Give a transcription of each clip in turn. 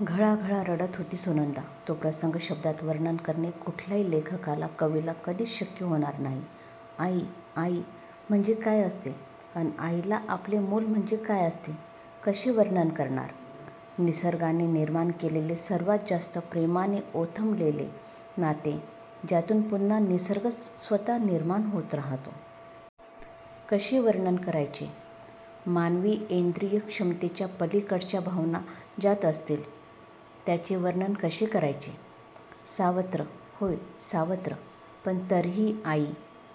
घळाघळा रडत होती सुनंदा तो प्रसंग शब्दात वर्णन करणे कुठल्याही लेखकाला कवीला कधीच शक्य होणार नाही. आई! आई म्हणजे काय असते. अन आईला आपले मूल म्हणजे काय असते. कसे वर्णन करणार? निसर्गाने निर्माण केलेले सर्वात जास्त प्रेमाने ओथंबलेले नाते ज्यातून पुन्हा निसर्गच स्वतः निर्माण होत राहतो. कसे वर्णन करायचे? मानवी ऐंद्रीय क्षमतेच्या पलीकडच्या भावना ज्यात असतील. त्याचे वर्णन कसे करायचे? सावत्र? होय! सावत्र! पण तरीही आई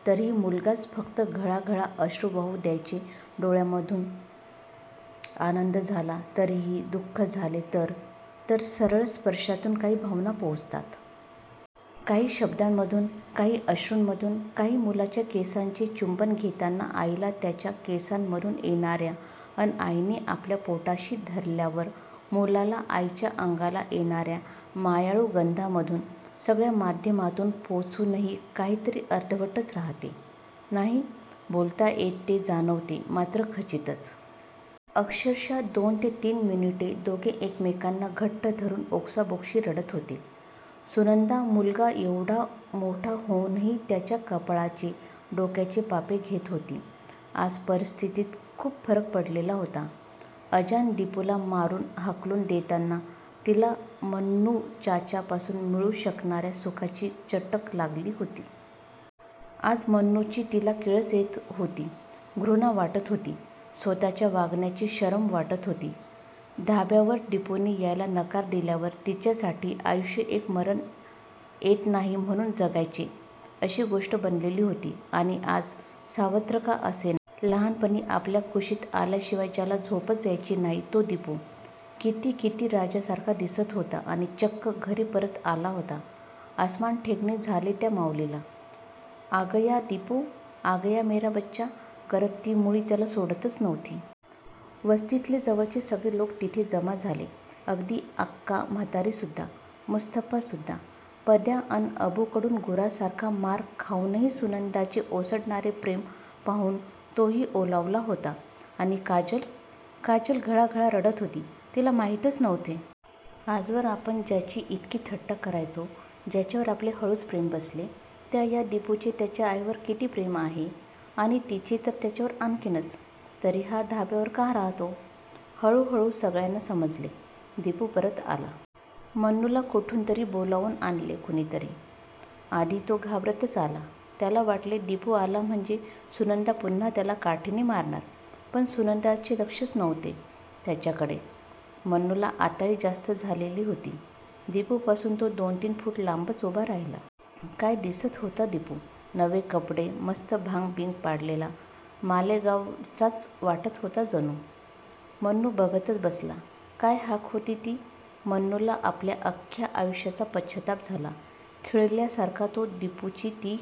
तरीही मुलगाच फक्त घळाघळा अश्रू वाहू द्यायचे डोळ्यांमधून! आनंद झाला तरीही दु:ख झाले तर तर सरळच स्पर्शातून काही भावना पोचतात. काही शब्दांमधून काही अश्रूंमधून काही मुलाच्या केसांचे चुंबन घेताना आईला त्याच्या केसांमधून येणार्या अन आईने आपल्या पोटाशी धरल्यावर मुलाला आईच्या अंगाला येणार्या मायाळू गंधामधून सगळ्या माध्यमातून पोचूनही काहीतरी अर्धवटच राहते. नाही बोलता येत ते जाणवते मात्र खचितच! अक्षरशः दोन ते तीन मिनिटे दोघे एकमेकांना घट्ट धरून ओक्साबोक्षी रडत होते. सुनंदा मुलगा एवढा मोठा होऊनही त्याच्या कपाळाचे, डोक्याचे पापे घेत होती. आज परिस्थितीत खूप फरक पडलेला होता. अजाण दिपूला मारून हाकलून देताना तिला मन्नूचाचापासून मिळू शकणार्या सुखाची चटक लागली होती. आज मन्नूची तिला किळस येत होती. घृणा वाटत होती. स्वतःच्या वागण्याची शरम वाटत होती. ढाब्यावर दिपूने यायला नकार दिल्यावर तिच्यासाठी आयुष्य एक 'मरण येत नाही म्हणून जगायचे' अशी गोष्ट बनलेली होती आणि आज सावत्र का असेना. लहानपणी आपल्या कुशीत आल्याशिवाय ज्याला झोपच यायची नाही तो दिपू. कित्ती कित्ती राजासारखा दिसत होता आणि चक्क घरी परत आला होता. अस्मान ठेंगणे झाले त्या माउलीला. 'आगया दिपू, आगया मेरा बच्चा' करत ती मुळी त्याला सोडतच नव्हती. वस्तीतले जवळचे सगळे लोक तिथे जमा झाले. अगदी आक्का म्हातारी सुद्धा! मुस्तफासुद्धा! पद्या अन अबूकडून गुरासारखा मार खाऊनही सुनंदाचे ओसंडणारे प्रेम पाहून तोही ओलावला होता आणि काजल? काजल घळघळा रडत होती. तिला माहीतच नव्हते. आजवर आपण ज्याची इतकी थट्टा करायचो. ज्याच्यावर आपले हळूच प्रेम बसले. त्या या दिपूचे त्याच्या आईवर किती प्रेम आहे आणि तिचे तर त्याच्यावर आणखीनच. तरी हा ढाब्यावर का राहतो? हळूहळू सगळ्यांना समजले. दिपू परत आला. मन्नूला कुठूनतरी बोलावून आणले कुणीतरी! आधी तो घाबरतच आला. त्याला वाटले दिपू आला म्हणजे सुनंदा पुन्हा त्याला काठीने मारणार! पण सुनंदाचे लक्षच नव्हते त्याच्याकडे! मन्नूला आत्ताही जास्त झालेली होती. दिपूपासून तो दोन तीन फूट लांबच उभा राहिला. काय दिसत होता दिपू! नवे कपडे, मस्त भांग बिंग पाडलेला! मालेगावचाच वाटत होता जणू! मन्नू बघतच बसला. काय हाक होती ती! मन्नूला आपल्या अख्ख्या आयुष्याचा पश्चात्ताप झाला. खिळल्यासारखा तो दिपूची ती